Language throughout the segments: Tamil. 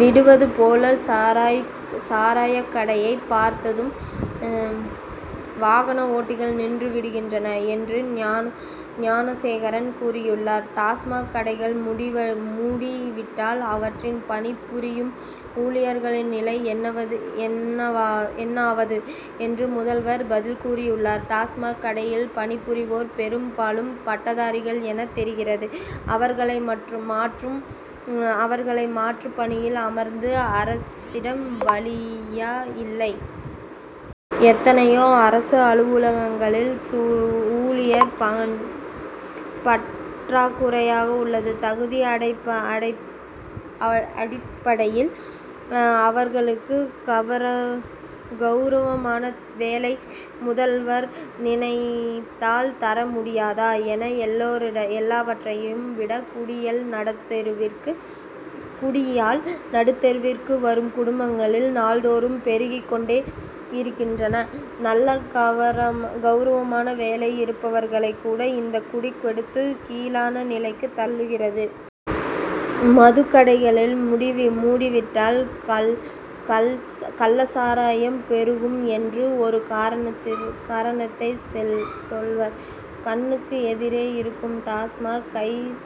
விடுவது போல் சாராயக் கடையைப் பார்த்ததும் வாகன ஓட்டிகள் நின்று விடுகின்றனர் என்று ஞானசேகரன் கூறியுள்ளார். டாஸ்மாக் கடைகளை மூடிவிட்டால் அவற்றில் பணிபுரியும் ஊழியர்கள் நிலை என்னாவது என்று முதல்வர் பதில் கூறியுள்ளார். டாஸ்மாக் கடைகளில் பணிபுரிவோர் பெரும்பாலும் பட்டதாரிகள் என தெரிகிறது. அவர்களை மாற்று பணியில் அமர்த்த அரசிடம் வழியா இல்லை. எத்தனையோ அரசு அலுவலகங்களில் ஊழியர் பற்றாக்குறை உள்ளது. தகுதி அடிப்படையில் அவர்களுக்கு கவுரவமான வேலையை முதல்வர் நினைத்தால் தர முடியாதா என்ன. எல்லாவற்றையும் விட குடியால் நடுத்தெருவிற்கு வரும் குடும்பங்கள் நாள்தோறும் பெருகிக் கொண்டுதான் போகின்றன. நல்ல கவுரவமான வேலையில் இருப்பவர்களைக் கூட இந்த குடி கெடுத்து கீழான நிலைக்கு தள்ளுகிறது. மதுக்கடைகளை மூடிவிட்டால் கள்ளச் சாராயம் பெருகும் என்று ஒரு காரணத்தைச் சொல்வர். கண்ணுக்கு எதிரே இருக்கும் டாஸ்மாக் கைத்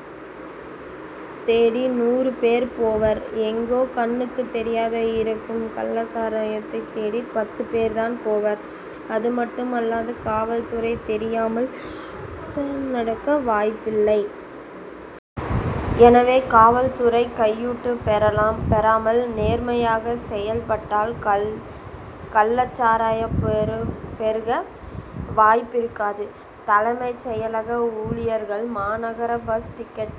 தேடி நூறு பேர் போவர். எங்கோ கண்ணுக்குத் தெரியாமல் இருக்கும் கள்ளச் சாராயத்தைத் தேடி பத்து பேர் தான் போவர். அதுமட்டுமல்லாது காவல் துறைக்குத் தெரியாமல் கள்ளச் சாராயம் நடக்க வாய்ப்பில்லை. எனவே காவல்துறை கையூட்டும் பெறாமல் நேர்மையாக செயல்பட்டால் கள்ளச் சாராயம் பெருக வாய்ப்பிருக்காது. தலைமைச் செயலக ஊழியர்கள் மாநகரப் பஸ் டிக்கெட்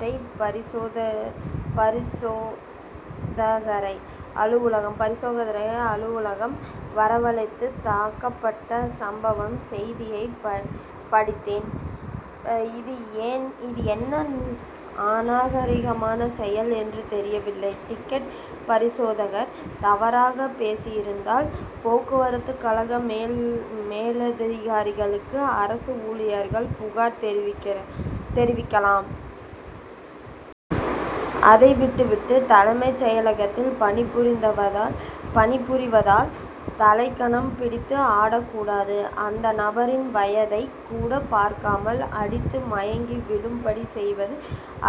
பரிசோதகரை அலுவலகம் வரவழைத்து தாக்கப்பட்ட சம்பவ செய்தியை படித்தேன். இது என்ன அநாகரிகமான செயல் என்று தெரியவில்லை. டிக்கெட் பரிசோதகர் தவறாகப் பேசியிருந்தால் போக்குவரத்துக் கழக மேலதிகாரிகளுக்கு அரசு ஊழியர்கள் புகார் தெரிவித்திருக்கலாம். அதை விட்டு விட்டு தலைமைச் செயலகத்தில் பணிபுரிவதால் தலைக்கனம் பிடித்து ஆடக் கூடாது. அந்த நபரின் வயதைக் கூடப் பார்க்காமல் அடித்து மயங்கி விழும்படி செய்வது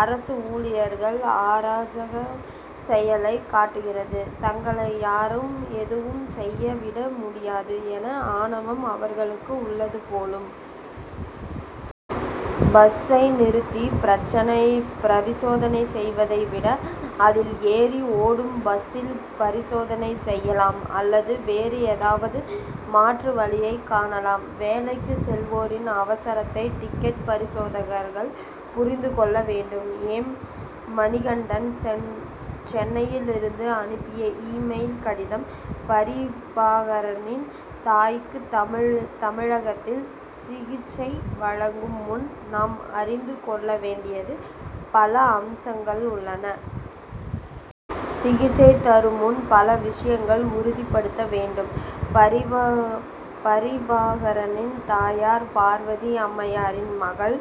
அரசு ஊழியர்களின் அராஜகச் செயலைக் காட்டுகிறது. தங்களை யாரும் எதுவும் செய்து விட முடியாது என்ற ஆணவம் அவர்களுக்கு உள்ளது போலும். பஸ்சை நிறுத்தி பரிசோதனை செய்வதை விட அதில் ஏறி ஓடும் பஸ்சில் பரிசோதனை செய்யலாம் அல்லது வேறு ஏதாவது மாற்று வழியைக் காணலாம். வேலைக்கு செல்வோரின் அவசரத்தை டிக்கெட் பரிசோதகர்கள் புரிந்து கொள்ள வேண்டும். எம். மணிகண்டன் சென்னையிலிருந்து அனுப்பிய இ-மெயில் கடிதம் பிரபாகரனின் தாய்க்கு தமிழகத்தில் சிகிச்சை வழங்கும் முன் நாம் அறிந்து கொள்ள வேண்டிய பல அம்சங்கள் உள்ளன. சிகிச்சை தருமுன் பல விஷயங்களை உறுதிப்படுத்த வேண்டும். பிரபாகரனின் தாயார் பார்வதி அம்மையாரின் மகள்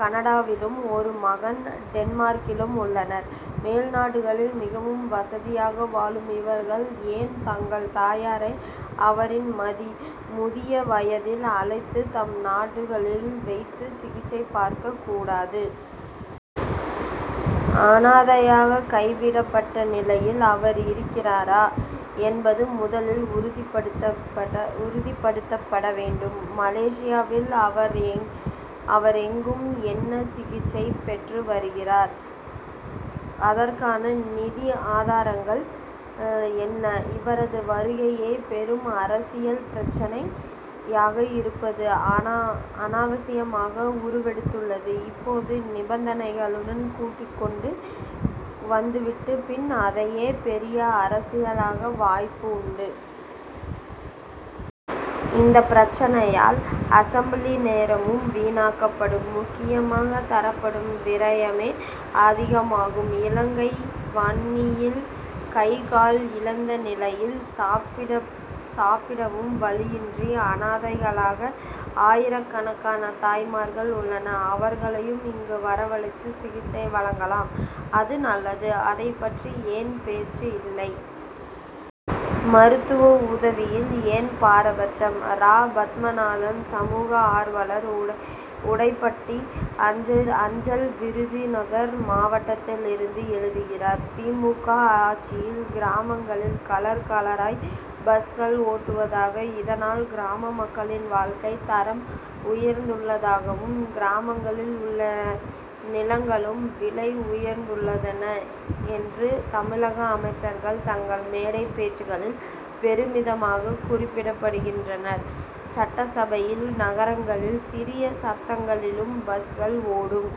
கனடாவிலும் ஒரு மகன் டென்மார்க்கிலும் உள்ளனர். மேல்நாடுகளில் மிகவும் வசதியாக வாழும் இவர்கள் ஏன் தங்கள் தாயாரை அவரின் முதிய வயதில் அழைத்து தம் நாடுகளில் வைத்து சிகிச்சை பார்க்கக் கூடாது. அனாதையாக கைவிடப்பட்ட நிலையில் அவர் இருக்கிறாரா என்பது முதலில் உறுதிப்படுத்தப்பட வேண்டும். மலேசியாவில் அவர் எங்கு என்ன சிகிச்சை பெற்று வருகிறார். அதற்கான நிதி ஆதாரங்கள் என்ன. இவரது வருகையே பெரும் அரசியல் பிரச்னையாக இப்போது அனாவசியமாக உருவெடுத்துள்ளது. இப்போது நிபந்தனைகளுடன் கூட்டிக்கொண்டு வந்துவிட்டு பின் அதையே பெரிய அரசியலாக்க வாய்ப்பு உண்டு. இந்தப் பிரச்னையால் அசெம்பிளி நேரமும் வீணாக்கப்பட்டு முக்கியமும் தரப்பட்டு விரயமே அதிகமாகும். இலங்கை வன்னியில் கை கால் இழந்த நிலையில் சாப்பிடவும் வழியின்றி அனாதைகளாக ஆயிரக்கணக்கான தாய்மார்கள் உள்ளனர். அவர்களையும் இங்கு வரவழைத்து சிகிச்சை வழங்கலாம் அது நல்லது. அதைப் பற்றி ஏன் பேச்சு இல்லை. மருத்துவ உதவியில் ஏன் பாரபட்சம். ரா. பத்மநாதன் சமூக ஆர்வலர் ஓடைப்பட்டி அஞ்சல் விருதுநகர் மாவட்டத்திலிருந்து எழுதுகிறார் தி. மு. க. ஆட்சியில் கிராமங்களில் கலர் கலராய் பஸ்கள் ஓடுவதாகவும் இதனால் கிராம மக்களின் வாழ்க்கை தரம் உயர்ந்துள்ளதாகவும் கிராமங்களில் உள்ள நிலங்களும் விலை உயர்ந்துள்ளன என்றும் தமிழக அமைச்சர்கள் தங்கள் மேடை பேச்சுகளில் பெருமிதமாக குறிப்பிடுகின்றனர். சட்டசபையில் நகரங்களில் சிறிய சந்துகளிலும் பஸ்கள் ஓடும்.